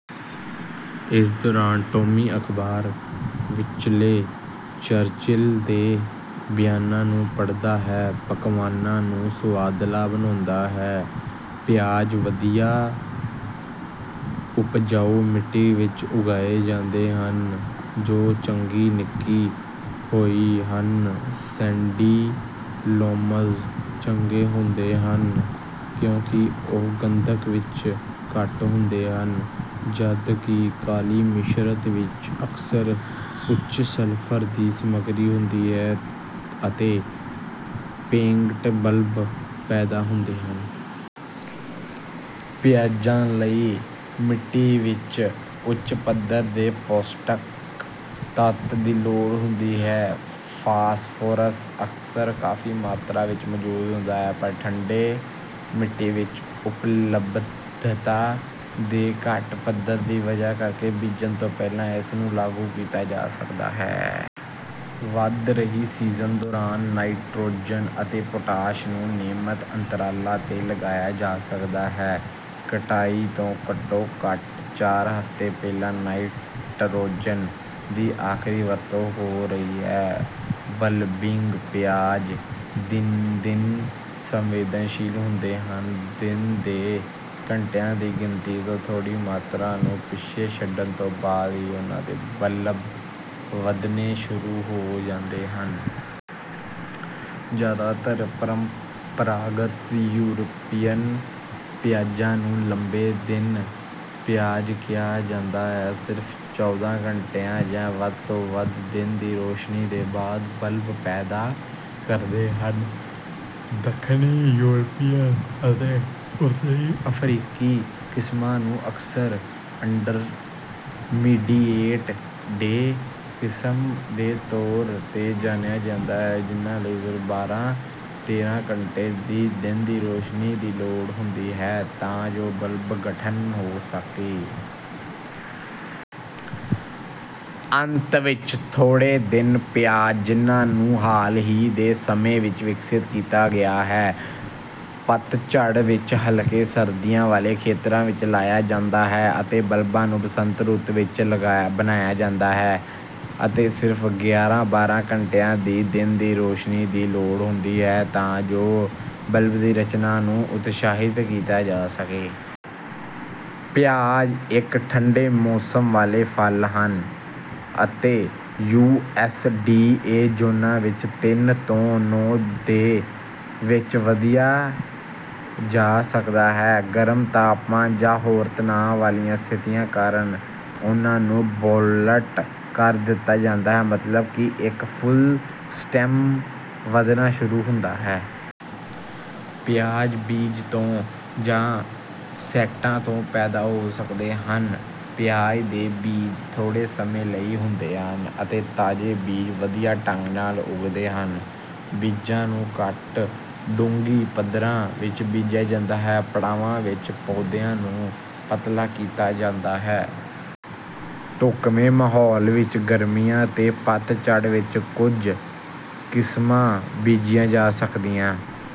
ਇਸ ਦੌਰਾਨ ਟੌਮੀ ਅਖਬਾਰ ਵਿੱਚਲੇ ਚਰਚਿਲ ਦੇ ਬਿਆਨਾਂ ਨੂੰ ਪੜ੍ਹਦਾ ਹੈ। ਪਕਵਾਨਾਂ ਨੂੰ ਸੁਆਦਲਾ ਬਣਾਉਂਦਾ ਹੈ। ਪਿਆਜ਼ ਵਧੀਆ ਉਪਜਾਊ ਮਿੱਟੀ ਵਿੱਚ ਉਗਾਏ ਜਾਂਦੇ ਹਨ ਜੋ ਚੰਗੀ ਨਿੱਕੀ ਹੋਈ ਹਨ ਸੈਂਡੀ ਲੋਮਜ਼ ਚੰਗੇ ਹੁੰਦੇ ਹਨ ਕਿਉਂਕਿ ਉਹ ਗੰਧਕ ਵਿੱਚ ਘੱਟ ਹੁੰਦੇ ਹਨ ਜਦਕਿ ਕਾਲੀ ਮਿਸ਼ਰਤ ਵਿੱਚ ਅਕਸਰ ਉੱਚ ਸਲਫਰ ਦੀ ਸਮਗਰੀ ਹੁੰਦੀ ਹੈ ਅਤੇ ਪੇੰਗਟ ਬਲਬ ਪੈਦਾ ਹੁੰਦੇ ਹਨ। ਪਿਆਜ਼ਾਂ ਲਈ ਮਿੱਟੀ ਵਿੱਚ ਉੱਚ ਪੱਧਰ ਦੇ ਪੌਸ਼ਟਿਕ ਤੱਤ ਦੀ ਲੋੜ ਹੁੰਦੀ ਹੈ। ਫਾਸਫੋਰਸ ਅਕਸਰ ਕਾਫੀ ਮਾਤਰਾ ਵਿੱਚ ਮੌਜੂਦ ਹੁੰਦਾ ਹੈ ਪਰ ਠੰਡੇ ਮਿੱਟੀ ਵਿੱਚ ਉਪਲਬਧਤਾ ਦੇ ਘੱਟ ਪੱਧਰ ਦੀ ਵਜ੍ਹਾ ਕਰਕੇ ਬੀਜਣ ਤੋਂ ਪਹਿਲਾਂ ਇਸਨੂੰ ਲਾਗੂ ਕੀਤਾ ਜਾ ਸਕਦਾ ਹੈ। ਵਧ ਰਹੀ ਸੀਜ਼ਨ ਦੌਰਾਨ ਨਾਈਟ੍ਰੋਜਨ ਅਤੇ ਪੋਟਾਸ਼ ਨੂੰ ਨਿਯਮਤ ਅੰਤਰਾਲਾਂ ਤੇ ਲਗਾਇਆ ਜਾ ਸਕਦਾ ਹੈ ਕਟਾਈ ਤੋਂ ਘੱਟੋ ਘੱਟ ਚਾਰ ਹਫਤੇ ਪਹਿਲਾਂ ਨਾਈਟ੍ਰੋਜਨ ਦੀ ਆਖਰੀ ਵਰਤੋਂ ਹੋ ਰਹੀ ਹੈ। ਬਲਬਿੰਗ ਪਿਆਜ਼ ਦਿਨ ਦਿਨ ਸੰਵੇਦਨਸ਼ੀਲ ਹੁੰਦੇ ਹਨ ਦਿਨ ਦੇ ਘੰਟਿਆਂ ਦੀ ਗਿਣਤੀ ਤੋਂ ਥੋੜ੍ਹੀ ਮਾਤਰਾ ਨੂੰ ਪਿੱਛੇ ਛੱਡਣ ਤੋਂ ਬਾਅਦ ਹੀ ਉਨ੍ਹਾਂ ਦੇ ਬਲਬ ਵਧਣੇ ਸ਼ੁਰੂ ਹੋ ਜਾਂਦੇ ਹਨ। ਜ਼ਿਆਦਾਤਰ ਪਰੰਪਰਾਗਤ ਯੂਰਪੀਅਨ ਪਿਆਜ਼ ਨੂੰ ਲੰਬੇ ਦਿਨ ਪਿਆਜ਼ ਕਿਹਾ ਜਾਂਦਾ ਹੈ ਸਿਰਫ ਚੌਦਾਂ ਘੰਟਿਆਂ ਜਾਂ ਵੱਧ ਤੋਂ ਵੱਧ ਦਿਨ ਦੀ ਰੋਸ਼ਨੀ ਦੇ ਬਾਅਦ ਬਲਬ ਪੈਦਾ ਕਰਦੇ ਹਨ। ਦੱਖਣੀ ਯੂਰਪੀਅਨ ਅਤੇ ਉੱਤਰੀ ਅਫਰੀਕੀ ਕਿਸਮਾਂ ਨੂੰ ਅਕਸਰ ਇੰਟਰਮੀਡੀਏਟ ਡੇ ਕਿਸਮ ਦੇ ਤੌਰ ਤੇ ਜਾਣਿਆ ਜਾਂਦਾ ਹੈ ਜਿਨ੍ਹਾਂ ਲਈ ਸਿਰਫ ਬਾਰਾਂ ਤੇਰਾਂ ਘੰਟੇ ਦੀ ਦਿਨ ਦੀ ਰੋਸ਼ਨੀ ਦੀ ਲੋੜ ਹੁੰਦੀ ਹੈ ਤਾਂ ਜੋ ਬਲਬ ਗਠਨ ਹੋ ਸਕੇ। ਅੰਤ ਵਿੱਚ ਥੋੜੇ ਦਿਨ ਪਿਆਜ਼ ਜਿਨ੍ਹਾਂ ਨੂੰ ਹਾਲ ਹੀ ਦੇ ਸਮੇਂ ਵਿੱਚ ਵਿਕਸਤ ਕੀਤਾ ਗਿਆ ਹੈ ਪਤਝੜ ਵਿੱਚ ਹਲਕੇ ਸਰਦੀਆਂ ਵਾਲੇ ਖੇਤਰਾਂ ਵਿੱਚ ਲਾਇਆ ਜਾਂਦਾ ਹੈ ਅਤੇ ਬਲਬਾਂ ਨੂੰ ਬਸੰਤ ਰੁੱਤ ਵਿੱਚ ਬਣਾਇਆ ਜਾਂਦਾ ਹੈ ਅਤੇ ਸਿਰਫ ਗਿਆਰਾਂ ਬਾਰਾਂ ਘੰਟਿਆਂ ਦੀ ਦਿਨ ਦੀ ਰੋਸ਼ਨੀ ਦੀ ਲੋੜ ਹੁੰਦੀ ਹੈ ਤਾਂ ਜੋ ਬਲਬ ਦੀ ਰਚਨਾ ਨੂੰ ਉਤਸ਼ਾਹਿਤ ਕੀਤਾ ਜਾ ਸਕੇ। ਪਿਆਜ਼ ਇੱਕ ਠੰਢੇ ਮੌਸਮ ਵਾਲੇ ਫਸਲ ਹਨ ਅਤੇ ਯੂ ਐਸ ਡੀ ਏ ਜ਼ੋਨਾਂ ਵਿੱਚ ਤਿੰਨ ਤੋਂ ਨੌਂ ਦੇ ਵਿੱਚ ਵਧਿਆ ਜਾ ਸਕਦਾ ਹੈ। ਗਰਮ ਤਾਪਮਾਨ ਜਾਂ ਹੋਰ ਤਣਾਅ ਵਾਲੀਆਂ ਸਥਿਤੀਆਂ ਕਾਰਨ ਉਹਨਾਂ ਨੂੰ ਬੋਲਟ ਕਰ ਦਿੱਤਾ ਜਾਂਦਾ ਹੈ ਮਤਲਬ ਕਿ ਇੱਕ ਫੁੱਲ ਸਟੈਮ ਵਧਣਾ ਸ਼ੁਰੂ ਹੁੰਦਾ ਹੈ। ਪਿਆਜ਼ ਬੀਜ ਤੋਂ ਜਾਂ ਸੈਟਾਂ ਤੋਂ ਪੈਦਾ ਹੋ ਸਕਦੇ ਹਨ। ਪਿਆਜ਼ ਦੇ ਬੀਜ ਥੋੜੇ ਸਮੇਂ ਲਈ ਹੁੰਦੇ ਹਨ ਅਤੇ ਤਾਜ਼ੇ ਬੀਜ ਵਧੀਆ ਢੰਗ ਨਾਲ ਉਗਦੇ ਹਨ। ਬੀਜਾਂ ਨੂੰ ਘੱਟ ਡੂੰਘੀ ਪੱਧਰਾਂ ਵਿੱਚ ਬੀਜਿਆ ਜਾਂਦਾ ਹੈ ਪੜਾਵਾਂ ਵਿੱਚ ਪੌਦਿਆਂ ਨੂੰ ਪਤਲਾ ਕੀਤਾ ਜਾਂਦਾ ਹੈ। ਢੁਕਵੇਂ ਮਾਹੌਲ ਵਿੱਚ ਗਰਮੀਆਂ ਅਤੇ ਪਤਝੜ ਵਿੱਚ ਕੁਝ ਕਿਸਮਾਂ ਬੀਜੀਆਂ ਜਾ ਸਕਦੀਆਂ